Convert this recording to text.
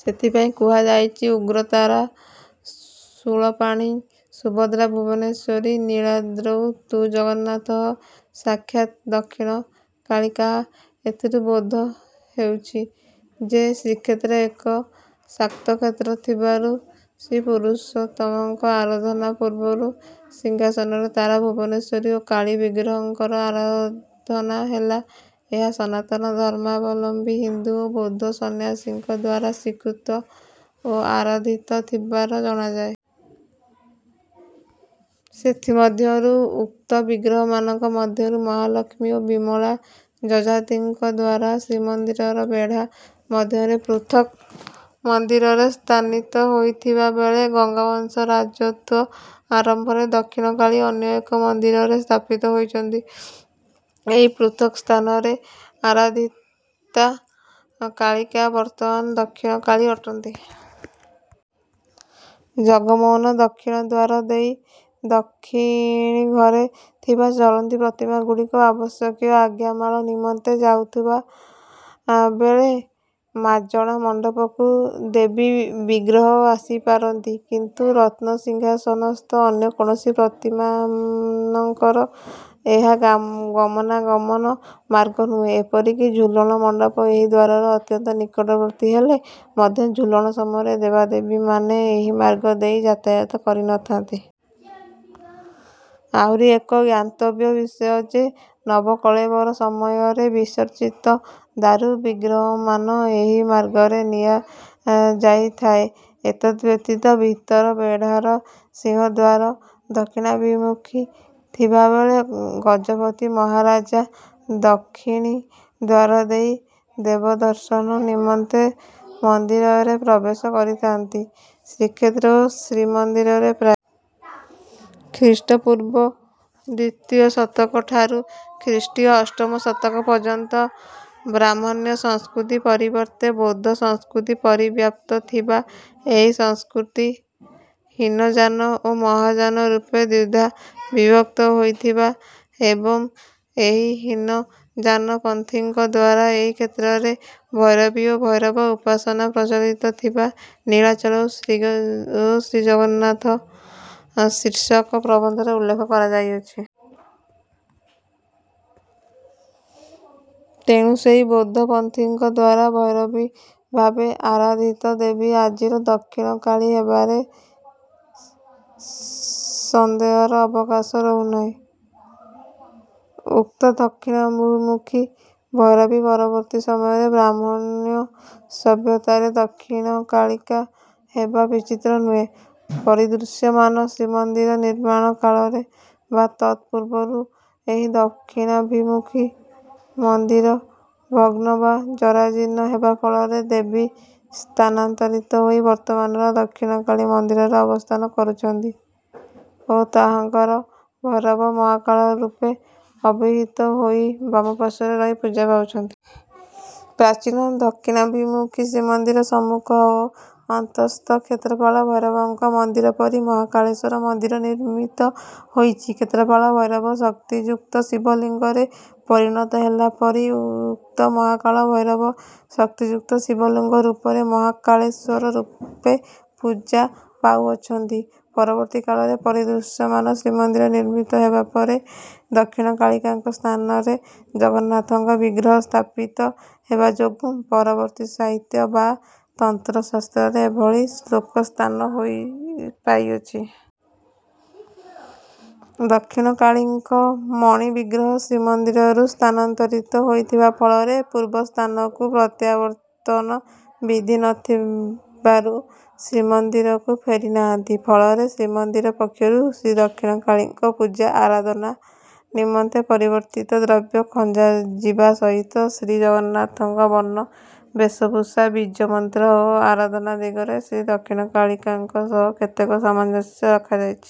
ସେଥିପାଇଁ କୁହାଯାଇଛି:"ଉଗ୍ରତାରା ଶୂଳପାଣିଃ ସୁଭଦ୍ରା ଭୁବନେଶ୍ୱରୀ ନୀଳାଦ୍ରୌ ତୁ ଜଗନ୍ନାଥଃ ସାକ୍ଷାତ୍ ଦକ୍ଷିଣ କାଳିକାଃ ଏଥିରୁ ବୋଧ ହେଉଛି ଯେ, ଶ୍ରୀକ୍ଷେତ୍ର ଏକ ଶାକ୍ତକ୍ଷେତ୍ର ଥିବାରୁ ଶ୍ରୀପୁରୁଷୋତ୍ତମଙ୍କ ଆରଧନା ପୂର୍ବରୁ ସିଂହାସନରେ ତାରା, ଭୁବନେଶ୍ୱରୀ ଓ କାଳୀ ବିଗ୍ରହଙ୍କର ଆରାଧନା ଥିଲା। ଏହା ସନାତନ ଧର୍ମାବଲମ୍ବୀ ହିନ୍ଦୁ ଓ ବୌଦ୍ଧ ସନ୍ନ୍ୟାସୀଙ୍କ ଦ୍ୱାରା ସ୍ୱୀକୃତ ଓ ଆରାଧିତ ଥିବାର ଜଣାଯାଏ। ସେଥିମଧ୍ୟରୁ ଉକ୍ତ ବିଗ୍ରହମାନଙ୍କ ମଧ୍ୟରୁ ମହାଲକ୍ଷ୍ମୀ ଓ ବିମଳା, ଯଯାତିଙ୍କ ଦ୍ୱାରା ଶ୍ରୀମନ୍ଦିରର ବେଢ଼ା ମଧ୍ୟରେ ପୃଥକ୍ ମନ୍ଦିରରେ ସ୍ଥାନିତ ହୋଇଥିବା ବେଳେ ଗଙ୍ଗବଂଶ ରାଜତ୍ୱ ଆରମ୍ଭରେ ଦକ୍ଷିଣକାଳୀ ଅନ୍ୟ ଏକ ମନ୍ଦିରରେ ସ୍ଥାପିତ ହୋଇଛନ୍ତି। ଏହି ପୃଥକ୍ ସ୍ଥାନରେ ଆରାଧିତା କାଳିକା ବର୍ତ୍ତମାନ ଦକ୍ଷିଣକାଳୀ ଅଟନ୍ତି। ଜଗମୋହନର ଦକ୍ଷିଣ ଦ୍ୱାର ଦେଇ ଦକ୍ଷିଣୀ ଘରେ ଥିବା ଚଳନ୍ତି ପ୍ରତିମାଗୁଡ଼ିକ ଆବଶ୍ୟକୀୟ ଆଜ୍ଞାମାଳ ନିମନ୍ତେ ଯାଉଥିବା ବେଳେ ମାଜଣା ମଣ୍ଡପକୁ ଦେବୀ ବିଗ୍ରହ ଆସିପାରନ୍ତି ଆପଣ କିନ୍ତୁ ରତ୍ନସିଂହାସନସ୍ଥ ଅନ୍ୟ କୌଣସି ପ୍ରତିମାମାନଙ୍କର ଏହା ଗମନାଗମନ ମାର୍ଗ ନୁହେଁ। ଏପରିକି ଝୁଲଣ ମଣ୍ଡପ ଏହି ଦ୍ୱାରର ଅତ୍ୟନ୍ତ ନିକଟବର୍ତ୍ତୀ ହେଲେ ମଧ୍ୟ ଝୁଲଣ ସମୟରେ ଦେବାଦେବୀମାନେ ଏହି ମାର୍ଗ ଦେଇ ଯାତାୟାତ କରିନଥାନ୍ତି। ଆହୁରି ଏକ ଜ୍ଞାତବ୍ୟ ବିଷୟ ଯେ, ନବକଳେବର ସମୟରେ ବିସର୍ଜିତ ଦାରୁବିଗ୍ରହମାନ ଏହି ମାର୍ଗରେ ନିଆଯାଇଥାଏ। ଏତଦ୍‌ବ୍ୟତୀତ ଭିତର ବେଢ଼ାର ସିଂହଦ୍ୱାର ଦକ୍ଷିଣାଭିମୁଖୀ ଥିବା ବେଳେ ଗଜପତି ମହାରାଜା ଦକ୍ଷିଣୀ ଦ୍ୱାର ଦେଇ ଦେବଦର୍ଶନ ନିମନ୍ତେ ମନ୍ଦିରରେ ପ୍ରବେଶ କରିଥାଆନ୍ତି। ଶ୍ରୀକ୍ଷେତ୍ର ଓ ଶ୍ରୀମନ୍ଦିରରେ ପ୍ରାୟ ଖ୍ରୀଷ୍ଟପୂର୍ବ ଦ୍ୱିତୀୟ ଶତକଠାରୁ ଖ୍ରୀଷ୍ଟୀୟ ଅଷ୍ଟମ ଶତକ ପର୍ଯ୍ୟନ୍ତ ବ୍ରାହ୍ମଣ୍ୟ ସଂସ୍କୃତି ପରିବର୍ତ୍ତେ ବୌଦ୍ଧ ସଂସ୍କୃତି ପରିବ୍ୟାପ୍ତ ଥିବା, ଏହି ସଂସ୍କୃତି ହୀନଯାନ ଓ ମହାଯାନ ରୂପେ ଦ୍ୱିଧା ବିଭକ୍ତ ହୋଇଥିବା ଏବଂ ଏହି ହୀନଯାନପନ୍ଥୀଙ୍କ ଦ୍ୱାରା ଏହି କ୍ଷେତ୍ରରେ ଭୈରବୀ ଓ ଭୈରବ ଉପାସନା ପ୍ରଚଳିତ ଥିବା ନୀଳାଚଳ ଓ ଶ୍ରୀଜଗନ୍ନାଥ ଶୀର୍ଷକ ପ୍ରବନ୍ଧରେ ଉଲ୍ଲେଖ କରାଯାଇଅଛି। ତେଣୁ ସେହି ବୌଦ୍ଧପନ୍ଥୀଙ୍କ ଦ୍ୱାରା ଭୈରବୀ ଭାବେ ଆରାଧିତ ଦେବୀ ଆଜିର ଦକ୍ଷିଣକାଳୀ ହେବାରେ ସନ୍ଦେହର ଅବକାଶ ରହୁନାହିଁ। ଉକ୍ତ ଦକ୍ଷିଣାଭିମୁଖୀ ଭୈରବୀ ପରବର୍ତ୍ତୀ ସମୟରେ ବ୍ରାହ୍ମଣ୍ୟ ସଭ୍ୟତାରେ ଦକ୍ଷିଣକାଳିକା ହେବା ବିଚିତ୍ର ନୁହେଁ। ପରିଦୃଶ୍ୟମାନ ଶ୍ରୀମନ୍ଦିର ନିର୍ମାଣ କାଳରେ ବା ତତ୍‌ପୂର୍ବରୁ ଏହି ଦକ୍ଷିଣାଭିମୁଖୀ ମନ୍ଦିର ଭଗ୍ନ ବା ଜରାଜୀର୍ଣ୍ଣ ହେବା ଫଳରେ ଦେବୀ ସ୍ଥାନାନ୍ତରିତ ହୋଇ ବର୍ତ୍ତମାନର ଦକ୍ଷିଣକାଳୀ ମନ୍ଦିରରେ ଅବସ୍ଥାନ କରୁଛନ୍ତି ଓ ତାହାଙ୍କର ଭୈରବ ମହାକାଳ ରୂପେ ଅଭିହିତ ହୋଇ ବାମପାର୍ଶ୍ୱରେ ରହି ପୂଜା ପାଉଛନ୍ତି। ପ୍ରାଚୀନ ଦକ୍ଷିଣାଭିମୁଖୀ ଶ୍ରୀମନ୍ଦିର ସମ୍ମୁଖ ଓ ଅନ୍ତଃସ୍ଥ କ୍ଷେତ୍ରପାଳ ଭୈରବଙ୍କ ମନ୍ଦିର ପରି ମହାକାଳେଶ୍ୱର ମନ୍ଦିର ନିର୍ମିତ ହୋଇଛି। କ୍ଷେତ୍ରପାଳ ଭୈରବ ଶକ୍ତିଯୁକ୍ତ ଶିବଲିଙ୍ଗରେ ପରିଣତ ହେଲା ପରି ଉକ୍ତ ମହାକାଳ ଭୈରବ ଶକ୍ତିଯୁକ୍ତ ଶିବଲିଙ୍ଗ ରୂପରେ ମହାକାଳେଶ୍ୱର ରୂପେ ପୂଜା ପାଉଅଛନ୍ତି। ପରବର୍ତ୍ତୀ କାଳରେ ପରିଦୃଶ୍ୟମାନ ଶ୍ରୀମନ୍ଦିର ନିର୍ମିତ ହେବା ପରେ ଦକ୍ଷିଣକାଳିକାଙ୍କ ସ୍ଥାନରେ ଜଗନ୍ନାଥଙ୍କ ବିଗ୍ରହ ସ୍ଥାପିତ ହେବା ଯୋଗୁଁ ପରବର୍ତ୍ତୀ ସାହିତ୍ୟ ବା ତନ୍ତ୍ରଶାସ୍ତ୍ରରେ ଏଭଳି ଶ୍ଳୋକ ସ୍ଥାନ ପାଇଅଛି। ଦକ୍ଷିଣକାଳୀଙ୍କ ମଣିବିଗ୍ରହ ଶ୍ରୀମନ୍ଦିରରୁ ସ୍ଥାନାନ୍ତରିତ ହୋଇଥିବା ଫଳରେ, ପୂର୍ବସ୍ଥାନକୁ ପ୍ରତ୍ୟାବର୍ତ୍ତନ ବିଧି ନଥିବାରୁ ଶ୍ରୀମନ୍ଦିରକୁ ଫେରିନାହାନ୍ତି। ଫଳରେ ଶ୍ରୀମନ୍ଦିର ପକ୍ଷରୁ ଶ୍ରୀଦକ୍ଷିଣକାଳୀଙ୍କ ପୂଜା ଆରାଧନା ନିମନ୍ତେ ପରିବର୍ତ୍ତିତ ଦ୍ରବ୍ୟ ଖଞ୍ଜାଯିବା ସହିତ ଶ୍ରୀଜଗନ୍ନାଥଙ୍କ ବର୍ଣ୍ଣ, ବେଶଭୂଷା, ବୀଜମନ୍ତ୍ର ଓ ଆରାଧନା ଦିଗରେ ଶ୍ରୀଦକ୍ଷିଣକାଳିକାଙ୍କ ସହ କେତେକ ସାମଞ୍ଜସ୍ୟ ରଖାଯାଇଛି।